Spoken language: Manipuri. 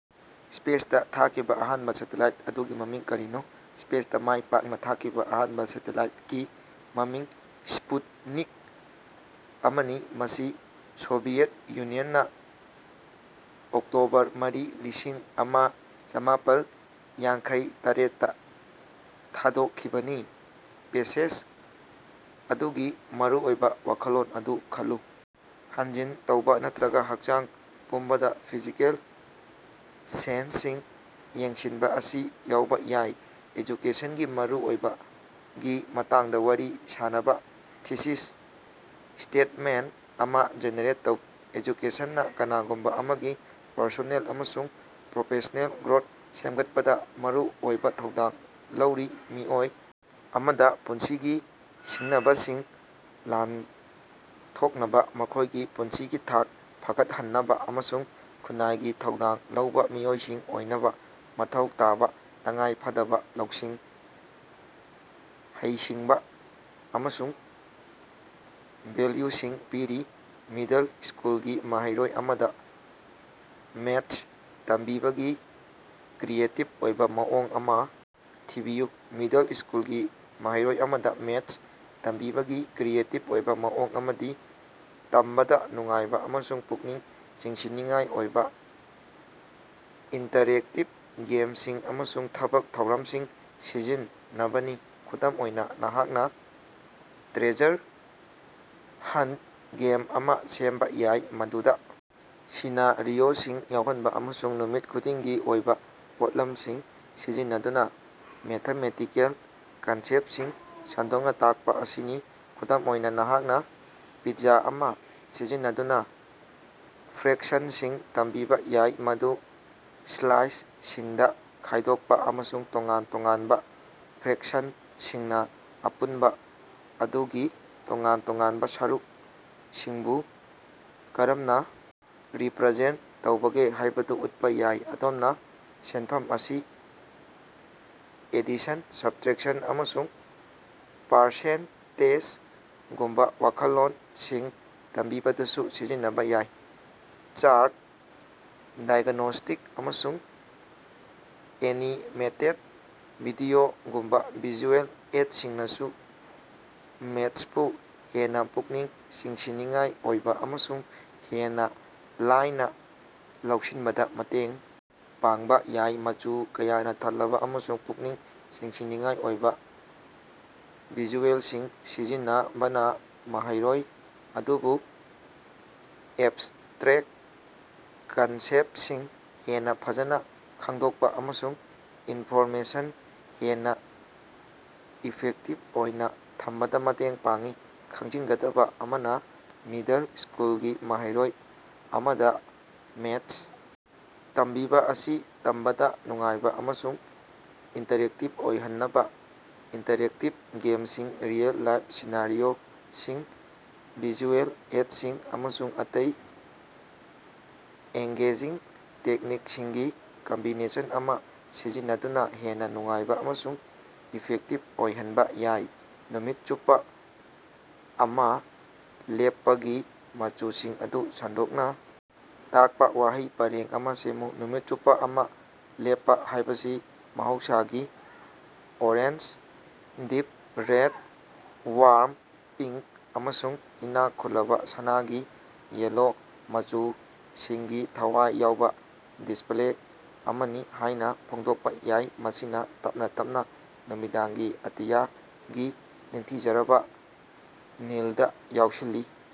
ꯁ꯭ꯄꯦꯁꯇ ꯊꯥꯈꯤꯕ ꯑꯍꯥꯟꯕ ꯁꯦꯇꯂꯥꯏꯠ ꯑꯗꯨꯒꯤ ꯃꯃꯤꯡ ꯀꯔꯤꯅꯣ? ꯁ꯭ꯄꯦꯁꯇꯥ ꯃꯥꯏ ꯄꯥꯛꯅ ꯊꯥꯈꯤꯕꯥ ꯑꯍꯥꯟꯕ ꯁꯦꯇꯦꯂꯥꯏꯠꯀꯤ ꯃꯃꯤꯡ ꯁ꯭ꯄꯨꯠꯅꯤꯛ ꯑꯃꯅꯤ, ꯃꯁꯤ ꯁꯣꯚꯤꯌꯦꯠ ꯌꯨꯅꯤꯌꯟꯅ ꯑꯣꯛꯇꯣꯕꯔ ꯃꯔꯤ, ꯂꯤꯁꯤꯡ ꯑꯃ ꯆꯃꯥꯄꯥꯜ ꯌꯥꯡꯈꯩ ꯇꯔꯦꯠꯇ ꯊꯥꯗꯣꯛꯈꯤꯕꯅꯤ꯫ ꯄꯦꯁꯦꯖ ꯑꯗꯨꯒꯤ ꯃꯔꯨꯑꯣꯏꯕ ꯋꯥꯈꯜꯂꯣꯟ ꯑꯗꯨ ꯈꯜꯂꯨ, ꯍꯟꯖꯤꯟ ꯇꯧꯕ ꯅꯠꯇꯔꯒ ꯍꯛꯆꯥꯡ ꯄꯨꯝꯕꯗ ꯐꯤꯖꯤꯀꯦꯜ ꯁꯦꯟꯁꯁꯤꯡ ꯌꯦꯡꯁꯤꯟꯕ ꯑꯁꯤ ꯌꯥꯎꯕ ꯌꯥꯏ꯫ ꯑꯦꯖꯨꯀꯦꯁꯟꯒꯤ ꯃꯔꯨꯑꯣꯏꯕꯒꯤ ꯃꯇꯥꯡꯗ ꯋꯥꯔꯤ ꯁꯥꯅꯕ ꯊꯤꯁꯤꯁ ꯁ꯭ꯇꯦꯠꯃꯦꯟꯠ ꯑꯃ ꯖꯦꯅꯦꯔꯦꯠ ꯇꯧꯕ꯫ "ꯑꯦꯖꯨꯀꯦꯁꯟꯅ ꯀꯅꯥꯒꯨꯝꯕ ꯑꯃꯒꯤ ꯄꯔꯁꯣꯅꯦꯜ ꯑꯃꯁꯨꯡ ꯄ꯭ꯔꯣꯐꯦꯁꯅꯦꯜ ꯒ꯭ꯔꯣꯊ ꯁꯦꯝꯒꯠꯄꯗ ꯃꯔꯨꯑꯣꯏꯕ ꯊꯧꯗꯥꯡ ꯂꯧꯔꯤ, ꯃꯤꯑꯣꯏ ꯑꯃꯗ ꯄꯨꯟꯁꯤꯒꯤ ꯁꯤꯡꯅꯕꯁꯤꯡ ꯂꯥꯟꯊꯣꯛꯅꯕ, ꯃꯈꯣꯏꯒꯤ ꯄꯨꯟꯁꯤꯒꯤ ꯊꯥꯛ ꯐꯒꯠꯍꯟꯅꯕ ꯑꯃꯁꯨꯡ ꯈꯨꯟꯅꯥꯏꯒꯤ ꯊꯧꯗꯥꯡ ꯂꯧꯕ ꯃꯤꯑꯣꯏꯁꯤꯡ ꯑꯣꯏꯅꯕ ꯃꯊꯧ ꯇꯥꯕ ꯇꯉꯥꯏ ꯐꯗꯕ ꯂꯧꯁꯤꯡ, ꯍꯩꯁꯤꯡꯕ ꯑꯃꯁꯨꯡ ꯚꯦꯜꯌꯨꯁꯤꯡ ꯄꯤꯔꯤ꯫" ꯃꯤꯗꯜ ꯁ꯭ꯀꯨꯜꯒꯤ ꯃꯍꯩꯔꯣꯏ ꯑꯃꯗ ꯃꯦꯊꯁ ꯇꯝꯕꯤꯕꯒꯤ ꯀ꯭ꯔꯤꯌꯦꯇꯤꯕ ꯑꯣꯏꯕ ꯃꯑꯣꯡ ꯑꯃ ꯊꯤꯕꯤꯌꯨ꯫ ꯃꯤꯗꯜ ꯁ꯭ꯀꯨꯜꯒꯤ ꯃꯍꯩꯔꯣꯏ ꯑꯃꯗ ꯃꯦꯊꯁ ꯇꯝꯕꯤꯕꯒꯤ ꯀ꯭ꯔꯤꯌꯦꯇꯤꯕ ꯑꯣꯏꯕ ꯃꯑꯣꯡ ꯑꯃꯗꯤ ꯇꯝꯕꯗ ꯅꯨꯡꯉꯥꯏꯕ ꯑꯃꯁꯨꯡ ꯄꯨꯛꯅꯤꯡ ꯆꯤꯡꯁꯤꯟꯅꯤꯡꯉꯥꯏ ꯑꯣꯏꯕ ꯏꯟꯇꯔꯦꯛꯇꯤꯕ ꯒꯦꯝꯁꯤꯡ ꯑꯃꯁꯨꯡ ꯊꯕꯛ ꯊꯧꯔꯃꯁꯤꯡ ꯁꯤꯖꯤꯟꯅꯕꯅꯤ꯫ ꯈꯨꯗꯝ ꯑꯣꯏꯅ, ꯅꯍꯥꯛꯅ ꯇ꯭ꯔꯦꯖꯔ ꯍꯟꯠ ꯒꯦꯝ ꯑꯃ ꯁꯦꯝꯕ ꯌꯥꯏ, ꯃꯗꯨꯗ ꯁꯤꯅꯥꯔꯤꯑꯣꯁꯤꯡ ꯌꯥꯎꯍꯟꯕ ꯑꯃꯁꯨꯡ ꯅꯨꯃꯤꯠ ꯈꯨꯗꯤꯡꯒꯤ ꯑꯣꯏꯕ ꯄꯣꯠꯂꯝꯁꯤꯡ ꯁꯤꯖꯤꯟꯅꯗꯨꯅ ꯃ꯭ꯦꯊꯃꯦꯇꯤꯀꯦꯜ ꯀꯟꯁꯦꯞꯁꯤꯡ ꯁꯟꯗꯣꯛꯅꯥ ꯇꯥꯛꯄ ꯑꯁꯤꯅꯤ꯫ ꯈꯨꯗꯝ ꯑꯣꯏꯅ, ꯅꯍꯥꯛꯅ ꯄꯤꯖ꯭ꯖꯥ ꯑꯃ ꯁꯤꯖꯤꯟꯅꯗꯨꯅ ꯐ꯭ꯔꯦꯛꯁꯟꯁꯤꯡ ꯇꯝꯕꯤꯕ ꯌꯥꯏ, ꯃꯗꯨ ꯁ꯭ꯂꯥꯏꯁꯁꯤꯡꯗ ꯈꯥꯏꯗꯣꯛꯄ ꯑꯃꯁꯨꯡ ꯇꯣꯉꯥꯟ-ꯇꯣꯉꯥꯟꯕ ꯐ꯭ꯔꯦꯛꯁꯟꯁꯤꯡꯅ ꯑꯄꯨꯟꯕ ꯑꯗꯨꯒꯤ ꯇꯣꯉꯥꯟ-ꯇꯣꯉꯥꯟꯕ ꯁꯔꯨꯛꯁꯤꯡꯕꯨ ꯀꯔꯝꯅ ꯔꯤꯄ꯭ꯔꯖꯦꯟꯠ ꯇꯧꯕꯒꯦ ꯍꯥꯏꯕꯗꯨ ꯎꯠꯄ ꯌꯥꯏ꯫ ꯑꯗꯣꯝꯅ ꯁꯦꯟꯐꯝ ꯑꯁꯤ ꯑꯦꯗꯤꯁꯟ, ꯁꯕꯇꯔꯦꯛꯁꯟ, ꯑꯃꯁꯨꯡ ꯄꯥꯔꯁꯦꯟꯇꯦꯖꯒꯨꯝꯕ ꯋꯥꯈꯜꯂꯣꯟꯁꯤꯡ ꯇꯝꯕꯤꯕꯗꯁꯨ ꯁꯤꯖꯤꯟꯅꯕ ꯌꯥꯏ꯫ ꯆꯥ꯭ꯔꯠ, ꯗꯥꯏꯒꯅꯣꯁ꯭ꯇꯤꯛ, ꯑꯃꯁꯨꯡ ꯑꯦꯅꯤꯃꯦꯇꯦꯗ ꯚꯤꯗꯤꯑꯣꯒꯨꯝꯕ ꯚꯤꯖꯨꯑꯦꯜ ꯑꯦꯗꯁꯤꯡꯅꯁꯨ ꯃ꯭ꯦꯊꯁꯄꯨ ꯍꯦꯟꯅ ꯄꯨꯛꯅꯤꯡ ꯆꯤꯡꯁꯤꯟꯅꯤꯡꯉꯥꯏ ꯑꯣꯏꯕ ꯑꯃꯁꯨꯡ ꯍꯦꯟꯅ ꯂꯥꯏꯅ ꯂꯧꯁꯤꯟꯕꯗ ꯃꯇꯦꯡ ꯄꯥꯡꯕ ꯌꯥꯏ꯫ ꯃꯆꯨ ꯀꯌꯥꯅ ꯊꯜꯂꯕ ꯑꯃꯁꯨꯡ ꯄꯨꯛꯅꯤꯡ ꯆꯤꯡꯁꯤꯟꯅꯤꯡꯉꯥꯏ ꯑꯣꯏꯕ ꯚꯤꯖꯨꯑꯦꯂꯁꯤꯡ ꯁꯤꯖꯤꯟꯅꯕꯅ ꯃꯍꯩꯔꯣꯏ ꯑꯗꯨꯕꯨ ꯑꯦꯕꯁ꯭ꯇꯔꯦꯛ ꯀꯟꯁꯦꯞꯁꯤꯡ ꯍꯦꯟꯅ ꯐꯖꯅ ꯈꯪꯗꯣꯛꯄꯥ ꯑꯃꯁꯨꯡ ꯏꯟꯐꯣꯔꯃꯦꯁꯟ ꯍꯦꯟꯅ ꯏꯐꯦꯛꯇꯤꯚ ꯑꯣꯏꯅ ꯊꯝꯕꯗꯥ ꯃꯇꯦꯡ ꯄꯥꯡꯏ꯫ ꯈꯪꯖꯤꯟꯒꯗꯕ ꯑꯃꯅ, ꯃꯤꯗꯜ ꯁ꯭ꯀꯨꯜꯒꯤ ꯃꯍꯩꯔꯣꯏ ꯑꯃꯗ ꯃ꯭ꯦꯊꯁ ꯇꯝꯕꯤꯕꯥ ꯑꯁꯤ ꯇꯝꯕꯗ ꯅꯨꯡꯉꯥꯏꯕ ꯑꯃꯁꯨꯡ ꯏꯟꯇꯔꯦꯛꯇꯤꯕ ꯑꯣꯏꯍꯟꯅꯕ ꯏꯟꯇꯔꯦꯛꯇꯤꯕ ꯒꯦꯝꯁꯤꯡ, ꯔꯤꯑꯦꯜ-ꯂꯥꯏꯐ ꯁꯤꯅꯥꯔꯤꯑꯣꯁꯤꯡ, ꯚꯤꯖꯨꯑꯦꯜ ꯑꯦꯗꯁꯤꯡ, ꯑꯃꯁꯨꯡ ꯑꯇꯩ ꯑꯦꯡꯒꯦꯖꯤꯡ ꯇꯦꯛꯅꯤꯀꯁꯤꯡꯒꯤ ꯀꯝꯕꯤꯅꯦꯁꯟ ꯑꯃ ꯁꯤꯖꯤꯟꯅꯗꯨꯅ ꯍꯦꯟꯅ ꯅꯨꯡꯉꯥꯏꯕ ꯑꯃꯁꯨꯡ ꯏꯐꯦꯛꯇꯤꯚ ꯑꯣꯏꯍꯟꯕ ꯌꯥꯏ꯫ ꯅꯨꯃꯤꯠ ꯆꯨꯞꯄ ꯑꯃꯥ ꯂꯦꯞꯄꯒꯤ ꯃꯆꯨꯁꯤꯡ ꯑꯗꯨ ꯁꯟꯗꯣꯛꯅ ꯇꯥꯛꯄ ꯋꯥꯍꯩ ꯄꯔꯦꯡ ꯑꯃ ꯁꯦꯝꯃꯨ꯫ ꯅꯨꯃꯤꯠ ꯆꯨꯞꯄ ꯑꯃꯥ ꯂꯦꯞꯄ ꯍꯥꯏꯕꯁꯤ ꯃꯩꯁꯥꯒꯤ orange, deep red, warm pink, ꯑꯃꯁꯨꯡ ꯏꯅꯥꯛ ꯈꯨꯜꯂꯕ ꯁꯅꯥꯒꯤ ꯌꯦꯜꯂꯣ ꯃꯆꯨꯁꯤꯡꯒꯤ ꯊꯋꯥꯏ ꯌꯥꯎꯕ ꯗꯤꯁꯄ꯭ꯂꯦ ꯑꯃꯅꯤ ꯍꯥꯏꯅ ꯐꯣꯡꯗꯣꯛꯄ ꯌꯥꯏ, ꯃꯁꯤꯅ ꯇꯞꯅ ꯇꯞꯅ ꯅꯨꯃꯤꯗꯥꯡꯒꯤ ꯑꯇꯤꯌꯥꯒꯤ ꯅꯤꯡꯊꯤꯖꯔꯕ ꯅꯤꯜꯗ ꯌꯥꯎꯁꯤꯜꯂꯤ꯫